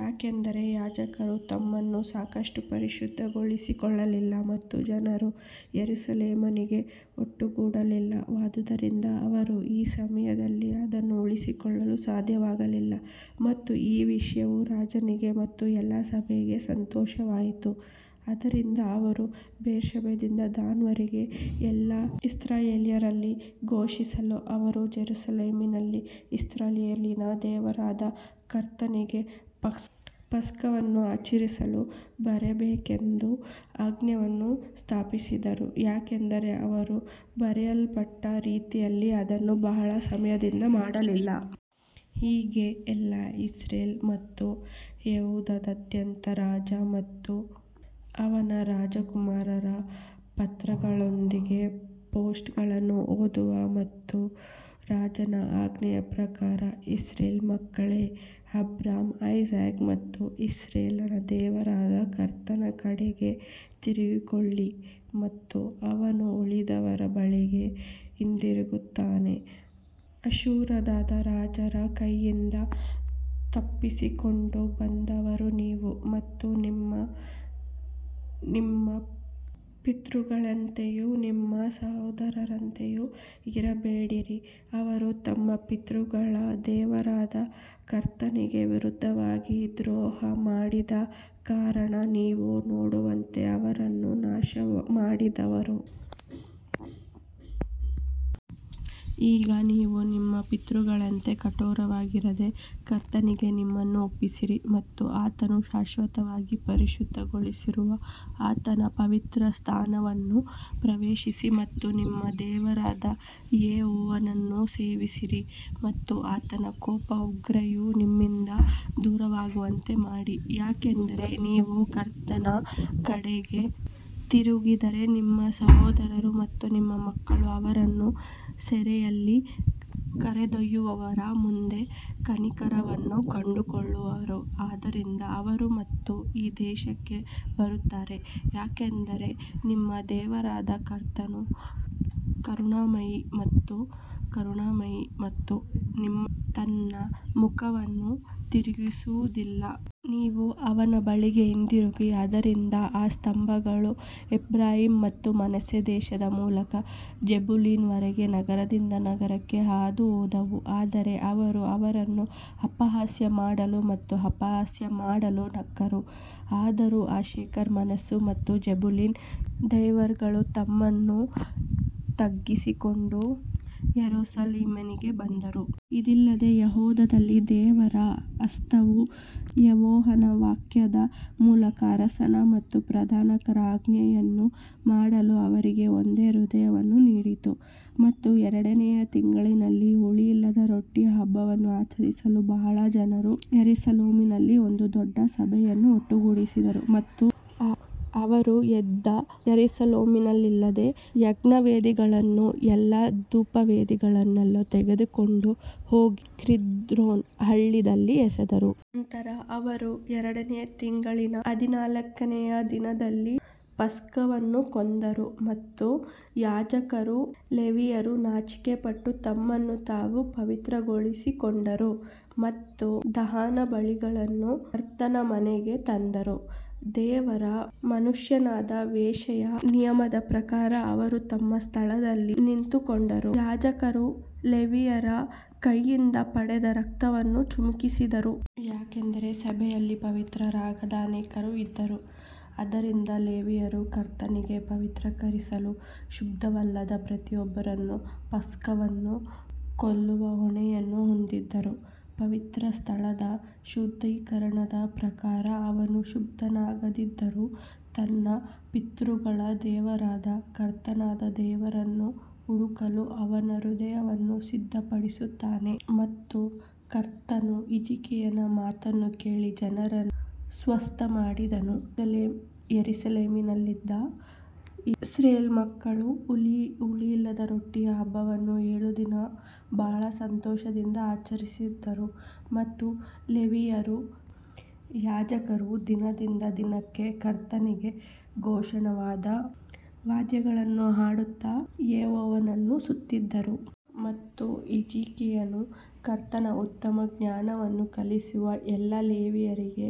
ಯಾಕಂದರೆ ಯಾಜಕರು ತಮ್ಮನ್ನು ಸಾಕಷ್ಟು ಪರಿಶುದ್ಧಗೊಳಿಸಿಕೊಳ್ಳಲಿಲ್ಲ ಮತ್ತು ಜನರು ಯೆರೂಸಲೇಮಿಗೆ ಒಟ್ಟುಗೂಡಲಿಲ್ಲವಾದ್ದರಿಂದ ಅವರು ಆ ಸಮಯದಲ್ಲಿ ಅದನ್ನು ಉಳಿಸಿಕೊಳ್ಳಲು ಸಾಧ್ಯವಾಗಲಿಲ್ಲ. ಮತ್ತು ಈ ವಿಷಯವು ರಾಜನಿಗೆ ಮತ್ತು ಎಲ್ಲಾ ಸಭೆಗೆ ಸಂತೋಷವಾಯಿತು ಆದ್ದರಿಂದ ಅವರು ಬೇರ್ಷೆಬದಿಂದ ದಾನ್ ವರೆಗೆ ಎಲ್ಲಾ ಇಸ್ರಾಯೇಲ್ಯರಲ್ಲಿ ಘೋಷಿಸಲು ಅವರು ಜೆರುಸಲೇಮಿನಲ್ಲಿ ಇಸ್ರಾಯೇಲಿನ ದೇವರಾದ ಕರ್ತನಿಗೆ ಪಸ್ಕವನ್ನು ಆಚರಿಸಲು ಬರಬೇಕೆಂದು ಆಜ್ಞೆಯನ್ನು ಸ್ಥಾಪಿಸಿದರು, ಏಕೆಂದರೆ ಅವರು ಬರೆಯಲ್ಪಟ್ಟ ರೀತಿಯಲ್ಲಿ ಅದನ್ನು ಬಹಳ ಸಮಯದಿಂದ ಮಾಡಲಿಲ್ಲ. ಹೀಗೆ ಎಲ್ಲಾ ಇಸ್ರೇಲ್ ಮತ್ತು ಯೆಹೂದದಾದ್ಯಂತ ರಾಜ ಮತ್ತು ಅವನ ರಾಜಕುಮಾರರ ಪತ್ರಗಳೊಂದಿಗೆ ಪೋಸ್ಟ್ಗಳು ಹೋದವು ಮತ್ತು ರಾಜನ ಆಜ್ಞೆಯ ಪ್ರಕಾರ ಇಸ್ರಾಯೇಲ್ ಮಕ್ಕಳೇ ಅಬ್ರಹಾಂ ಐಸಾಕ್ ಮತ್ತು ಇಸ್ರಾಯೇಲ್ನ ದೇವರಾದ ಕರ್ತನ ಕಡೆಗೆ ತಿರುಗಿಕೊಳ್ಳಿ ಮತ್ತು ಅವನು ಉಳಿದವರ ಬಳಿಗೆ ಹಿಂತಿರುಗುತ್ತಾನೆ. ಅಶ್ಶೂರದ ರಾಜರ ಕೈಯಿಂದ ತಪ್ಪಿಸಿಕೊಂಡು ಬಂದವರು ನೀವು ಮತ್ತು ನೀವು ನಿಮ್ಮ ಪಿತೃಗಳಂತೆಯೂ ನಿಮ್ಮ ಸಹೋದರರಂತೆಯೂ ಇರಬೇಡಿರಿ, ಅವರು ತಮ್ಮ ಪಿತೃಗಳ ದೇವರಾದ ಕರ್ತನಿಗೆ ವಿರುದ್ಧವಾಗಿ ದ್ರೋಹ ಮಾಡಿದ ಕಾರಣ ನೀವು ನೋಡುವಂತೆ ಅವರನ್ನು ನಾಶಮಾಡಿದರು. ಈಗ ನೀವು ನಿಮ್ಮ ಪಿತೃಗಳಂತೆ ಕಠೋರವಾಗಿರದೆ ಕರ್ತನಿಗೆ ನಿಮ್ಮನ್ನು ಒಪ್ಪಿಸಿರಿ ಮತ್ತು ಆತನು ಶಾಶ್ವತವಾಗಿ ಪರಿಶುದ್ಧಗೊಳಿಸಿರುವ ಆತನ ಪವಿತ್ರಸ್ಥಾನವನ್ನು ಪ್ರವೇಶಿಸಿ ಮತ್ತು ನಿಮ್ಮ ದೇವರಾದ ಯೆಹೋವನನ್ನು ಸೇವಿಸಿರಿ ಮತ್ತು ಆತನ ಕೋಪದ ಉಗ್ರತೆಯು ನಿಮ್ಮಿಂದ ದೂರವಾಗುವಂತೆ ಮಾಡಿ. ಯಾಕಂದರೆ ನೀವು ಕರ್ತನ ಕಡೆಗೆ ತಿರುಗಿದರೆ ನಿಮ್ಮ ಸಹೋದರರು ಮತ್ತು ನಿಮ್ಮ ಮಕ್ಕಳು ಅವರನ್ನು ಸೆರೆಯಲ್ಲಿ ಕರೆದೊಯ್ಯುವವರ ಮುಂದೆ ಕನಿಕರವನ್ನು ಕಂಡುಕೊಳ್ಳುವರು, ಆದ್ದರಿಂದ ಅವರು ಮತ್ತೆ ಈ ದೇಶಕ್ಕೆ ಬರುತ್ತಾರೆ, ಏಕೆಂದರೆ ನಿಮ್ಮ ದೇವರಾದ ಕರ್ತನು ಕರುಣಾಮಯಿ ಮತ್ತು ಕರುಣಾಮಯಿ ಮತ್ತು ನಿಮ್ಮಿಂದ ತನ್ನ ಮುಖವನ್ನು ತಿರುಗಿಸುವುದಿಲ್ಲ. ನೀವು ಅವನ ಬಳಿಗೆ ಹಿಂತಿರುಗಿ ಆದ್ದರಿಂದ ಆ ಸ್ತಂಭಗಳು ಎಫ್ರಾಯೀಮ್ ಮತ್ತು ಮನಸ್ಸೆ ದೇಶದ ಮೂಲಕ ಜೆಬುಲೂನ್ ವರೆಗೆ ನಗರದಿಂದ ನಗರಕ್ಕೆ ಹಾದುಹೋದವು ಆದರೆ ಅವರು ಅವರನ್ನು ಅಪಹಾಸ್ಯ ಮಾಡಲು ಮತ್ತು ಅಪಹಾಸ್ಯ ಮಾಡಲು ನಕ್ಕರು. ಆದರೂ ಆಶೇರ್, ಮನಸ್ಸೆ ಮತ್ತು ಜೆಬುಲೂನ್ನ ಡೈವರ್ಗಳು ತಮ್ಮನ್ನು ತಗ್ಗಿಸಿಕೊಂಡು ಯೆರೂಸಲೇಮಿಗೆ ಬಂದರು. ಇದಲ್ಲದೆ ಯೆಹೂದದಲ್ಲಿ ದೇವರ ಹಸ್ತವು ಯೆಹೋವನ ವಾಕ್ಯದ ಮೂಲಕ ಅರಸನ ಮತ್ತು ಪ್ರಧಾನರ ಆಜ್ಞೆಯನ್ನು ಮಾಡಲು ಅವರಿಗೆ ಒಂದೇ ಹೃದಯವನ್ನು ನೀಡಿತು. ಮತ್ತು ಎರಡನೆಯ ತಿಂಗಳಿನಲ್ಲಿ ಹುಳಿಯಿಲ್ಲದ ರೊಟ್ಟಿಯ ಹಬ್ಬವನ್ನು ಆಚರಿಸಲು ಬಹಳ ಜನರು ಯೆರೂಸಲೇಮಿನಲ್ಲಿ ಒಂದು ದೊಡ್ಡ ಸಭೆಯನ್ನು ಒಟ್ಟುಗೂಡಿಸಿದರು. ಮತ್ತು ಅವರು ಎದ್ದು ಯೆರೂಸಲೇಮಿನಲ್ಲಿದ್ದ ಯಜ್ಞವೇದಿಗಳನ್ನೂ ಎಲ್ಲಾ ಧೂಪವೇದಿಗಳನ್ನೂ ತೆಗೆದುಕೊಂಡು ಹೋಗಿ ಕಿದ್ರೋನ್ ಹಳ್ಳದಲ್ಲಿ ಎಸೆದರು. ನಂತರ ಅವರು ಎರಡನೇ ತಿಂಗಳಿನ ಹದಿನಾಲ್ಕನೆಯ ದಿನದಲ್ಲಿ ಪಸ್ಕವನ್ನು ಕೊಂದರು ಮತ್ತು ಯಾಜಕರೂ ಲೇವಿಯರೂ ನಾಚಿಕೆಪಟ್ಟು ತಮ್ಮನ್ನು ತಾವು ಪವಿತ್ರಗೊಳಿಸಿಕೊಂಡರು ಮತ್ತು ದಹನಬಲಿಗಳನ್ನು ಕರ್ತನ ಮನೆಗೆ ತಂದರು. ದೇವರ ಮನುಷ್ಯನಾದ ಮೋಶೆಯ ನಿಯಮದ ಪ್ರಕಾರ ಅವರು ತಮ್ಮ ಸ್ಥಳದಲ್ಲಿ ನಿಂತುಕೊಂಡರು, ಯಾಜಕರು ಲೇವಿಯರ ಕೈಯಿಂದ ಪಡೆದ ರಕ್ತವನ್ನು ಚಿಮುಕಿಸಿದರು. ಯಾಕಂದರೆ ಸಭೆಯಲ್ಲಿ ಪವಿತ್ರರಾಗದ ಅನೇಕರು ಇದ್ದರು, ಆದ್ದರಿಂದ ಲೇವಿಯರು ಕರ್ತನಿಗೆ ಪವಿತ್ರೀಕರಿಸಲು ಶುದ್ಧವಲ್ಲದ ಪ್ರತಿಯೊಬ್ಬರನ್ನೂ ಪಸ್ಕವನ್ನು ಕೊಲ್ಲುವ ಹೊಣೆಯನ್ನು ಹೊಂದಿದ್ದರು. ಪವಿತ್ರಸ್ಥಳದ ಶುದ್ಧೀಕರಣದ ಪ್ರಕಾರ ಅವನು ಶುದ್ಧನಾಗದಿದ್ದರೂ ತನ್ನ ಪಿತೃಗಳ ದೇವರಾದ ಕರ್ತನಾದ ದೇವರನ್ನು ಹುಡುಕಲು ಅವನ ಹೃದಯವನ್ನು ಸಿದ್ಧಪಡಿಸುತ್ತಾನೆ. ಮತ್ತು ಕರ್ತನು ಹಿಜ್ಕೀಯನ ಮಾತನ್ನು ಕೇಳಿ ಜನರನ್ನು ಸ್ವಸ್ಥಮಾಡಿದನು ಯೆರೂಸಲೇಮಿನಲ್ಲಿದ್ದ ಇಸ್ರಾಯೇಲ್ ಮಕ್ಕಳು ಹುಳಿಯಿಲ್ಲದ ರೊಟ್ಟಿಯ ಹಬ್ಬವನ್ನು ಏಳು ದಿನ ಬಹಳ ಸಂತೋಷದಿಂದ ಆಚರಿಸಿದರು ಮತ್ತು ಲೇವಿಯರೂ ಯಾಜಕರೂ ದಿನದಿಂದ ದಿನಕ್ಕೆ ಕರ್ತನಿಗೆ ಘೋಷವಾದ ವಾದ್ಯಗಳನ್ನು ಹಾಡುತ್ತಾ ಯೆಹೋವನನ್ನು ಸ್ತುತಿಸಿದರು. ಮತ್ತು ಹಿಜ್ಕೀಯನು ಕರ್ತನ ಉತ್ತಮ ಜ್ಞಾನವನ್ನು ಕಲಿಸುವ ಎಲ್ಲಾ ಲೇವಿಯರಿಗೆ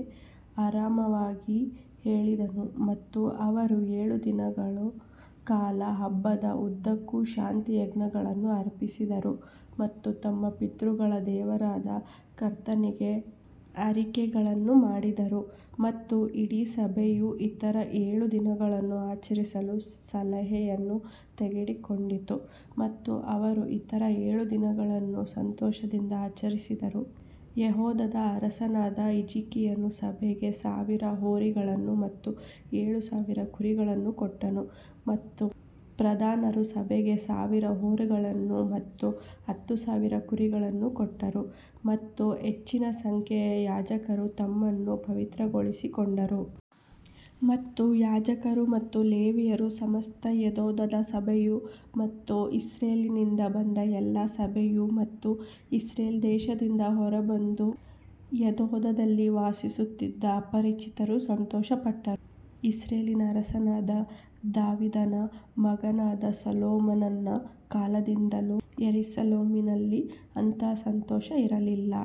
ಆರಾಮವಾಗಿ ಹೇಳಿದನು ಮತ್ತು ಅವರು ಏಳು ದಿನಗಳ ಕಾಲ ಹಬ್ಬದ ಉದ್ದಕ್ಕೂ ಶಾಂತಿಯಜ್ಞಗಳನ್ನು ಅರ್ಪಿಸಿದರು ಮತ್ತು ತಮ್ಮ ಪಿತೃಗಳ ದೇವರಾದ ಕರ್ತನಿಗೆ ಅರಿಕೆಗಳನ್ನು ಮಾಡಿದರು. ಮತ್ತು ಇಡೀ ಸಭೆಯು ಇತರ ಏಳು ದಿನಗಳನ್ನು ಆಚರಿಸಲು ಸಲಹೆಯನ್ನು ತೆಗೆದುಕೊಂಡಿತು ಮತ್ತು ಅವರು ಇತರ ಏಳು ದಿನಗಳನ್ನು ಸಂತೋಷದಿಂದ ಆಚರಿಸಿದರು ಯೆಹೂದದ ಅರಸನಾದ ಹಿಜ್ಕೀಯನು ಸಭೆಗೆ ಸಾವಿರ ಹೋರಿಗಳನ್ನು ಮತ್ತು ಏಳು ಸಾವಿರ ಕುರಿಗಳನ್ನು ಕೊಟ್ಟನು ಮತ್ತು ಪ್ರಧಾನರು ಸಭೆಗೆ ಸಾವಿರ ಹೋರಿಗಳನ್ನು ಮತ್ತು ಹತ್ತು ಸಾವಿರ ಕುರಿಗಳನ್ನು ಕೊಟ್ಟರು ಮತ್ತು ಹೆಚ್ಚಿನ ಸಂಖ್ಯೆಯ ಯಾಜಕರು ತಮ್ಮನ್ನು ಪವಿತ್ರಗೊಳಿಸಿಕೊಂಡರು. ಮತ್ತು ಯಾಜಕರು ಮತ್ತು ಲೇವಿಯರ ಸಮಸ್ತ ಯೆಹೂದದ ಸಭೆಯು ಮತ್ತು ಇಸ್ರಾಯೇಲ್ನಿಂದ ಬಂದ ಎಲ್ಲಾ ಸಭೆಯು ಮತ್ತು ಇಸ್ರಾಯೇಲ್ ದೇಶದಿಂದ ಹೊರಬಂದು ಯೆಹೂದದಲ್ಲಿ ವಾಸಿಸುತ್ತಿದ್ದ ಅಪರಿಚಿತರು ಸಂತೋಷಪಟ್ಟರು. ಇಸ್ರಾಯೇಲಿನ ಅರಸನಾದ ದಾವೀದನ ಮಗನಾದ ಸೊಲೊಮೋನನ ಕಾಲದಿಂದಲೂ ಯೆರೂಸಲೇಮಿನಲ್ಲಿ ಅಂತಹ ಸಂತೋಷ ಇರಲಿಲ್ಲ.